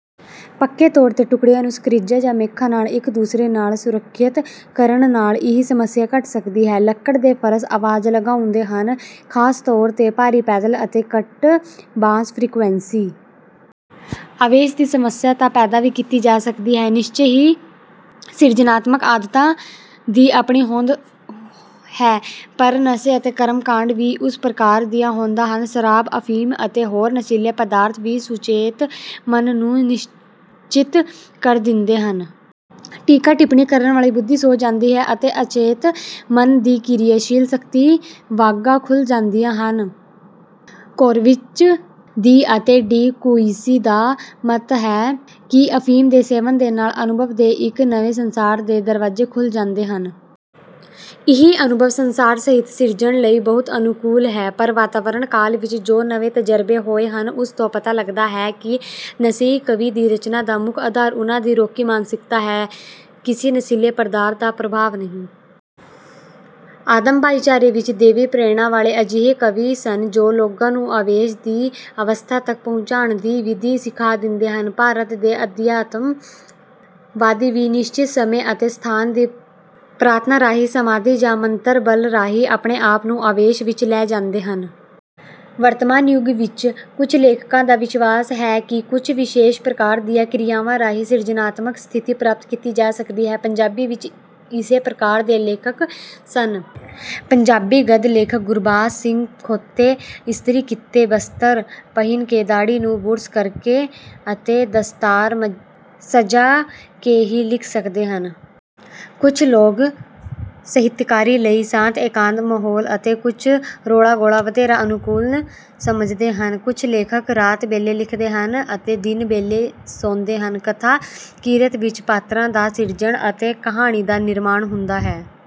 ਪੱਕੇ ਤੌਰ ਤੇ ਟੁਕੜਿਆਂ ਨੂੰ ਸਕ੍ਰਿਜਾਂ ਜਾਂ ਮੇਖਾਂ ਨਾਲ ਇੱਕ ਦੂਸਰੇ ਨਾਲ ਸੁਰੱਖਿਅਤ ਕਰਨ ਨਾਲ ਇਹ ਸਮੱਸਿਆ ਘਟ ਸਕਦੀ ਹੈ। ਲੱਕੜ ਦੇ ਫ਼ਰਸ਼ ਆਵਾਜ਼ ਲੰਘਾਉਂਦੇ ਹਨ ਖਾਸ ਤੌਰ ਤੇ ਭਾਰੀ ਪੈਦਲ ਅਤੇ ਘੱਟ ਬਾਸ ਫ੍ਰੀਕੁਐਂਸੀ। ਆਵੇਸ਼ ਦੀ ਅਵਸਥਾ ਤਾਂ ਪੈਦਾ ਵੀ ਕੀਤੀ ਜਾ ਸਕਦੀ ਹੈ। ਨਿਸ਼ਚੇ ਹੀ ਸਿਰਜਨਾਤਮਕ ਆਦਤਾਂ ਦੀ ਆਪਣੀ ਹੋਂਦ ਹੈ ਪਰ ਨਸ਼ੇ ਅਤੇ ਕਰਮ ਕਾਂਡ ਵੀ ਉਸ ਪ੍ਰਕਾਰ ਦੀਆਂ ਹੋਦਾਂ ਹਨ। ਸ਼ਰਾਬ ਅਫੀਮ ਅਤੇ ਹੋਰ ਨਸ਼ੀਲੇ ਪਦਾਰਥ ਵੀ ਸੁਚੇਤ ਮਨ ਨੂੰ ਨਿਸ਼ਚਿਤ ਕਰ ਦਿੰਦੇ ਹਨ। ਟੀਕਾ ਟਿੱਪਣੀ ਕਰਨ ਵਾਲੀ ਬੁੱਧੀ ਸੌਂ ਜਾਂਦੀ ਹੈ ਅਤੇ ਅਚੇਤ ਮਨ ਦੀ ਕਿਰਿਆਸ਼ੀਲ ਸ਼ਕਤੀ ਵਾਗਾਂ ਖੁੱਲ੍ਹ ਜਾਂਦੀਆਂ ਹਨ। ਕੋਲਵਿਜ ਦੀ ਅਤੇ ਡੀ ਕੁਇੰਸੀ ਦਾ ਮਤ ਹੈ ਕਿ ਅਫੀਮ ਦੇ ਸੇਵਨ ਦੇ ਨਾਲ ਅਨੁਭਵ ਦੇ ਇੱਕ ਨਵੇਂ ਸੰਸਾਰ ਦੇ ਦਰਵਾਜੇ ਖੁੱਲ੍ਹ ਜਾਂਦੇ ਹਨ। ਇਹ ਅਨੁਭਵ ਸੰਸਾਰ ਸਾਹਿਤ ਸਿਰਜਣਾ ਲਈ ਬਹੁਤ ਅਨੁਕੂਲ ਹੈ। ਪਰ ਵਰਤਮਾਨ ਕਾਲ ਵਿੱਚ ਜੋ ਨਵੇਂ ਤਰਜਰਬੇ ਹੋਏ ਹਨ ਉਸ ਤੋਂ ਪਤਾ ਲੱਗਦਾ ਹੈ ਕਿ ਨਸ਼ਈ ਕਵੀਆਂ ਦੀ ਰਚਨਾ ਦਾ ਮੁੱਖ ਆਧਾਰ ਉਹਨਾਂ ਦੀ ਰੋਗੀ ਮਾਨਸਿਕਤਾ ਹੈ ਕਿਸੇ ਨਸ਼ੀਲੇ ਪਦਾਰਥ ਦਾ ਪ੍ਰਭਾਵ ਨਹੀਂ। ਆਦਮ ਭਾਈਚਾਰੇ ਵਿੱਚ ਦੇਵੀ ਪ੍ਰੇਰਣਾ ਵਾਲੇ ਅਜਿਹੇ ਕਵੀ ਸਨ ਜੋ ਲੋਕਾਂ ਨੂੰ ਆਵੇਸ਼ ਦੀ ਅਵਸਥਾ ਤੱਕ ਪਹੁੰਚਾਣ ਦੀ ਵਿਧੀ ਸਿਖਾ ਦਿੰਦੇ ਸਨ। ਭਾਰਤ ਦੇ ਅਧਿਆਤਮ ਵਾਦੀ ਵੀ ਨਿਸ਼ਚਿਤ ਸਮੇਂ ਅਤੇ ਸਥਾਨ ਦੀ ਪ੍ਰਾਰਥਨਾ ਰਾਹੀਂ ਸਮਾਧੀ ਜਾਂ ਮੰਤਰ ਬਲ ਰਾਹੀਂ ਆਪਣੇ ਆਪ ਨੂੰ ਆਵੇਸ਼ ਵਿੱਚ ਲੈ ਜਾਂਦੇ ਹਨ। ਵਰਤਮਾਨ ਯੁਗ ਵਿੱਚ ਵੀ ਕੁੱਝ ਲੇਖਕਾਂ ਦਾ ਵਿਸ਼ਵਾਸ ਹੈ ਕਿ ਕੁੱਝ ਵਿਸ਼ੇਸ਼ ਪ੍ਰਕਾਰ ਦੀਆਂ ਕਿਰਿਆਵਾਂ ਰਾਹੀਂ ਸਿਰਜਨਾਤਮਕ ਸਥਿਤੀ ਪ੍ਰਾਪਤ ਕੀਤੀ ਜਾ ਸਕਦੀ ਹੈ। ਪੰਜਾਬੀ ਵਿੱਚ ਇਸੇ ਪ੍ਰਕਾਰ ਦੇ ਲੇਖਕ ਸਨ। ਪੰਜਾਬੀ ਗਦ ਲੇਖਕ ਗੁਰਬਖਸ਼ ਸਿੰਘ ਧੋਤੇ ਇਸਤਰੀ ਕੀਤੇ ਬਸਤਰ ਪਹਿਨ ਕੇ ਦਾੜ੍ਹੀ ਨੂੰ ਬੁਰਸ਼ ਕਰਕੇ ਅਤੇ ਦਸਤਾਰ ਸਜਾ ਕੇ ਹੀ ਲਿਖ ਸਕਦੇ ਸਨ। ਕੁੱਝ ਲੋਕ ਸਾਹਿਤਕਾਰੀ ਲਈ ਸ਼ਾਂਤ ਏਕਾਂਤ ਮਾਹੌਲ ਅਤੇ ਕੁੱਝ ਰੌਲਾ ਗੌਲਾ ਵਧੇਰੇ ਅਨੁਕੂਲ ਸਮਝਦੇ ਹਨ। ਕੁੱਝ ਲੇਖਕ ਰਾਤ ਵੇਲੇ ਲਿਖਦੇ ਹਨ ਅਤੇ ਦਿਨ ਵੇਲੇ ਸੌਂਦੇ ਹਨ। ਕਥਾ ਕਿਰਤ ਵਿੱਚ ਪਾਤਰਾਂ ਦਾ ਸਿਰਜਣ ਅਤੇ ਕਹਾਣੀ ਦਾ ਨਿਰਮਾਣ ਹੁੰਦਾ ਹੈ।